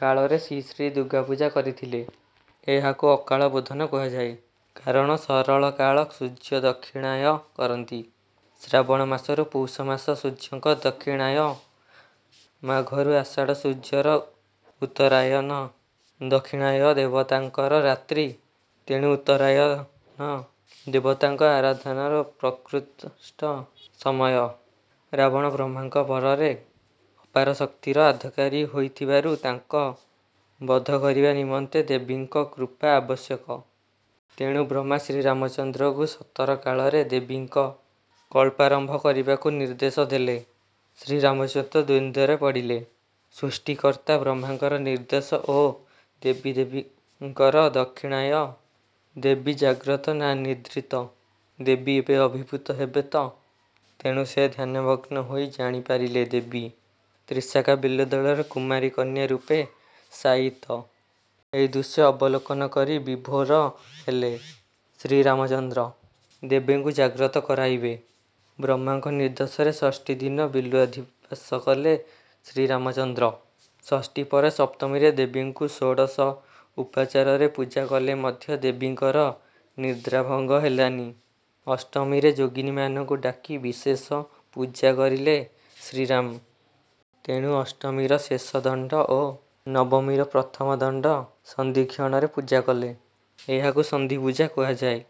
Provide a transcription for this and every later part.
କାଳରେ ଶ୍ରୀ ଶ୍ରୀ ଦୁର୍ଗାପୂଜା କରିଥିଲେ। ଏହାକୁ ଅକାଳବୋଧନ କୁହାଯାଏ। କାରଣ ଶରଳକାଳ ସୂର୍ଯ୍ୟ ଦକ୍ଷିଣାୟ କରନ୍ତି। ଶ୍ରାବଣ ମାସରୁ ପୌଷମାସ ସୂର୍ଯ୍ୟଙ୍କ ଦକ୍ଷିଣାୟ ମାଘରୁ ଆଷାଢ଼ ସୂର୍ଯ୍ୟଙ୍କର ଉତ୍ତରାୟନ। ଦକ୍ଷିଣାୟନ ଦେବତାଙ୍କର ରାତ୍ରି। ତେଣୁ ଉତ୍ତରାୟନ ଦେବତାଙ୍କ ଆରାଧନାର ପ୍ରକୃଷ୍ଟ ସମୟ। ରାବଣ ବ୍ରହ୍ମାଙ୍କ ବରରେ ଅପାରଶକ୍ତିର ଆଧିକାରୀ ହୋଇଥିବାରୁ ତାଙ୍କ ବଧ କରିବା ନିମନ୍ତେ ଦେବୀଙ୍କ କୃପା ଆବଶ୍ୟକ। ତେଣୁ ବ୍ରହ୍ମା ଶ୍ରୀରାମଚନ୍ଦ୍ରଙ୍କୁ ଶରତ କାଳରେ ଦେବୀଙ୍କ କଳ୍ପାରମ୍ଭ କରିବାକୁ ନିର୍ଦ୍ଦେଶ ଦେଲେ। ଶ୍ରୀରାମଚନ୍ଦ୍ର ଦ୍ୱନ୍ଦ୍ୱରେ ପଡ଼ିଲେ। ସୃଷ୍ଟିକର୍ତ୍ତା ବ୍ରହ୍ମାଙ୍କର ନିର୍ଦ୍ଦେଶ ଓ ଦେବୀଦେବୀଙ୍କର ଦକ୍ଷିଣାୟ। ଦେବୀ ଜାଗ୍ରତ ନା ନିଦ୍ରିତ? ଦେବୀ ଏବେ ଆବିର୍ଭୂତ ହେବେ ତ? ତେଣୁ ସେ ଧ୍ୟାନମଗ୍ନ ହୋଇ ଜାଣିପାରିଲେ ଦେବୀ ତ୍ରିଶାଖା ବିଲ୍ୱଦଳରେ କୁମାରୀ କନ୍ୟା ରୂପେ ଶାୟିତ। ଏହି ଦୃଶ୍ୟ ଅବଲୋକନ କରି ବିଭୋର ହେଲେ ଶ୍ରୀରାମଚନ୍ଦ୍ର। ଦେବୀଙ୍କୁ ଜାଗ୍ରତ କରାଇବେ। ବ୍ରହ୍ମାଙ୍କ ନିର୍ଦ୍ଦେଶରେ ଷଷ୍ଠୀଦିନ ବିଲ୍ୱାଧିବାସ କଲେ ଶ୍ରୀରାମଚନ୍ଦ୍ର। ଷଷ୍ଠୀପରେ ସପ୍ତମୀରେ ଦେବୀଙ୍କୁ ଷୋଡ଼ଶ ଉପଚାରରେ ପୂଜା କଲେ ମଧ୍ୟ ଦେବୀଙ୍କର ନିଦ୍ରାଭଙ୍ଗ ହେଲାନି। ଅଷ୍ଟମୀରେ ଯୋଗିନୀମାନଙ୍କୁ ଡାକି ବିଶେଷ ପୂଜାକରିଲେ ଶ୍ରୀରାମ। ତେଣୁ ଅଷ୍ଟମୀର ଶେଷ ଦଣ୍ଡ ଓ ନବମୀର ପ୍ରଥମ ଦଣ୍ଡ ସନ୍ଧିକ୍ଷଣରେ ପୂଜା କଲେ। ଏହାକୁ ସନ୍ଧିପୂଜା କୁହାଯାଏ।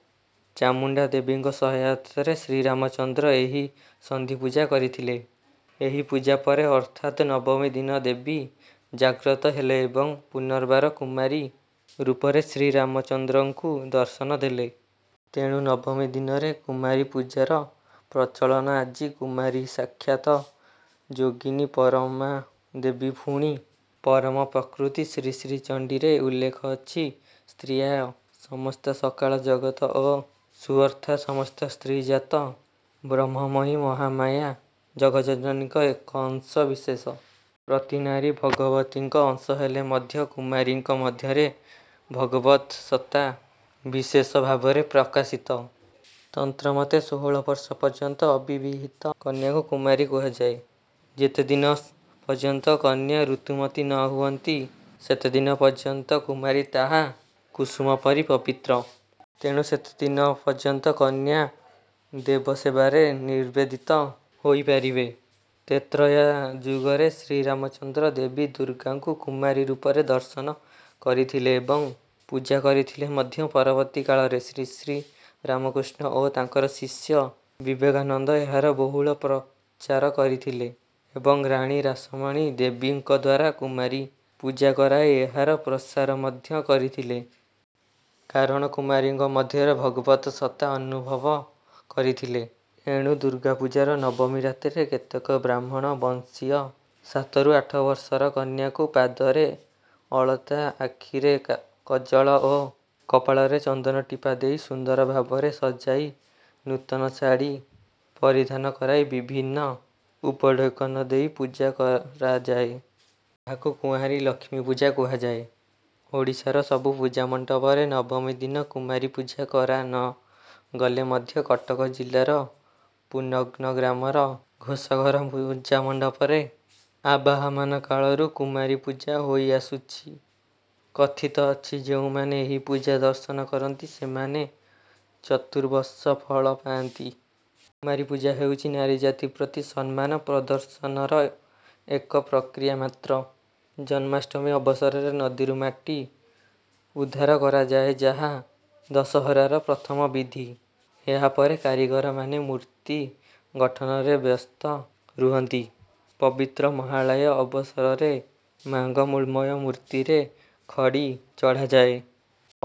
ଚାମୁଣ୍ଡା ଦେବୀଙ୍କ ସହାୟତାରେ ଶ୍ରୀରାମଚନ୍ଦ୍ର ଏହି ସନ୍ଧିପୂଜା କରିଥିଲେ। ଏହି ପୂଜା ପରେ ଅର୍ଥାତ୍ ନବମୀ ଦିନ ଦେବୀ ଜାଗ୍ରତ ହେଲେ ଏବଂ ପୁନର୍ବାର କୁମାରୀ ରୂପରେ ଶ୍ରୀରାମଚନ୍ଦ୍ରଙ୍କୁ ଦର୍ଶନ ଦେଲେ। ତେଣୁ ନବମୀ ଦିନରେ କୁମାରୀ ପୂଜାର ପ୍ରଚଳନ ଆଜି। କୁମାରୀ ସାକ୍ଷାତ ଯୋଗିନୀ ପରମାଦେବୀ ପୁଣି ପରମପ୍ରକୃତି। ଶ୍ରୀ ଶ୍ରୀ ଚଣ୍ଡୀରେ ଉଲ୍ଲେଖ ଅଛି ସ୍ତ୍ରୀୟା ସମସ୍ତ ସକାଳ ଜଗତ ଓ ସୁ ଅର୍ଥାତ୍ ସମସ୍ତ ସ୍ତ୍ରୀ ଜାତି ବ୍ରହ୍ମମୟୀ ମହାମାୟା ଜଗଜ୍ଜନନୀଙ୍କର ଏକ ଅଂଶ ବିଶେଷ। ପ୍ରତି ନାରୀ ଭଗବତୀଙ୍କ ଅଂଶ ହେଲେ ମଧ୍ୟ କୁମାରୀଙ୍କ ମଧ୍ୟରେ ଭଗବତ୍ ସତ୍ତା ବିଶେଷ ଭାବରେ ପ୍ରକାଶିତ। ତନ୍ତ୍ରମତେ ଷୋହଳ ବର୍ଷ ପର୍ଯ୍ୟନ୍ତ ଅବିବାହିତା କନ୍ୟାଙ୍କୁ କୁମାରୀ କୁହାଯାଏ। ଯେତେଦିନ ପର୍ଯ୍ୟନ୍ତ କନ୍ୟା ଋତୁମତୀ ନ ହୁଅନ୍ତି ସେତେଦିନ ପର୍ଯ୍ୟନ୍ତ କୁମାରୀ ତାହା କୁସୁମପରି ପବିତ୍ର। ତେଣୁ ସେତେଦିନ ପର୍ଯ୍ୟନ୍ତ କନ୍ୟା ଦେବସେବାରେ ନିବେଦିତ ହୋଇପାରିବେ। ତ୍ରେତୟା ଯୁଗରେ ଶ୍ରୀରାମଚନ୍ଦ୍ର ଦେବୀ ଦୁର୍ଗାଙ୍କୁ କୁମାରୀ ରୂପରେ ଦର୍ଶନ କରିଥିଲେ ଏବଂ ପୂଜା କରିଥିଲେ ମଧ୍ୟ ପରବର୍ତ୍ତୀକାଳରେ ଶ୍ରୀଶ୍ରୀ ରାମକୃଷ୍ଣ ଓ ତାଙ୍କର ଶିଷ୍ୟ ବିବେକାନନ୍ଦ ଏହାର ବହୁଳ ପ୍ରଚାର କରିଥିଲେ ଏବଂ ରାଣୀ ରାସମଣୀ ଦେବୀଙ୍କଦ୍ୱାରା କୁମାରୀ ପୂଜାକରାଇ ଏହାର ପ୍ରସାର ମଧ୍ୟ କରିଥିଲେ। କାରଣ କୁମାରୀଙ୍କ ମଧ୍ୟରେ ଭଗବତ୍ ସତ୍ତା ଅନୁଭବ କରିଥିଲେ। ଏଣୁ ଦୁର୍ଗାପୂଜାର ନବମୀ ରାତ୍ରିରେ କେତେକ ବ୍ରାହ୍ମଣ ବଂଶୀୟ ସାତରୁ ଆଠ ବର୍ଷର କନ୍ୟାକୁ ପାଦରେ ଅଳତା ଆଖିରେ କଜ୍ଜଳ ଓ କପାଳରେ ଚନ୍ଦନ ଟିପା ଦେଇ ସୁନ୍ଦର ଭାବରେ ସଜାଇ ନୂତନ ଶାଢ଼ି ପରିଧାନ କରାଇ ବିଭିନ୍ନ ଉପଢ଼ୌକନ ଦେଇ ପୂଜା କରାଯାଏ। ଏହାକୁ କୁଆଁରୀ ଲକ୍ଷ୍ମୀ ପୂଜା କୁହାଯାଏ। ଓଡ଼ିଶାର ସବୁ ପୂଜାମଣ୍ଡପରେ ନବମୀ ଦିନ କୁମାରୀ ପୂଜା କରା ନ ଗଲେ ମଧ୍ୟ କଟକ ଜିଲ୍ଲାର ପୁନଗ୍ନ ଗ୍ରାମର ଘୋଷଘର ପୂଜାମଣ୍ଡପରେ ଆବାହମାନକାଳରୁ କୁମାରୀ ପୂଜା ହୋଇଆସୁଛି। କଥିତ ଅଛି ଯେଉଁମାନେ ଏହି ପୂଜା ଦର୍ଶନ କରନ୍ତି ସେମାନେ ଚତୁବର୍ଷ ଫଳ ପାଆନ୍ତି। କୁମାରୀ ପୂଜା ହେଉଛି ନାରୀଜାତି ପ୍ରତି ସମ୍ମାନ ପ୍ରଦର୍ଶନର ଏକ ପ୍ରକ୍ରିୟା ମାତ୍ର। ଜନ୍ମାଷ୍ଟମୀ ଅବସରରେ ନଦୀରୁ ମାଟି ଉଦ୍ଧାର କରାଯାଏଯାହା ଦଶହରାର ପ୍ରଥମ ବିଧି। ଏହା ପରେ କାରିଗରମାନେ ମୂର୍ତ୍ତି ଗଠନରେ ବ୍ୟସ୍ତ ରୁହନ୍ତି। ପବିତ୍ର ମହାଳୟା ଅବସରରେ ମାଙ୍କ ମୃଣ୍ମୟ ମୂର୍ତ୍ତିରେ ଖଡ଼ି ଚଢାଯାଏ।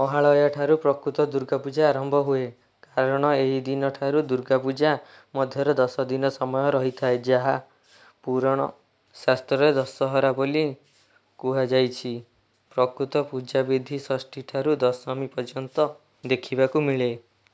ମହାଳୟା ଠାରୁ ପ୍ରକୃତ ଦୁର୍ଗାପୂଜା ଆରମ୍ଭ ହୁଏ। କାରଣ ଏହି ଦିନ ଠାରୁ ଦୁର୍ଗାପୂଜା ମଧ୍ୟରେ ଦଶ ଦିନ ସମୟ ରହିଥାଏ ଯାହା ପୁରାଣ ଶାସ୍ତ୍ରରେ ଦଶହରା ବୋଲି କୁହାଯାଇଛି। ପ୍ରକୃତ ପୂଜାବିଧି ଷଷ୍ଠୀ ଠାରୁ ଦଶମୀ ପର୍ଯ୍ୟନ୍ତ ଦେଖିବାକୁ ମିଳେ।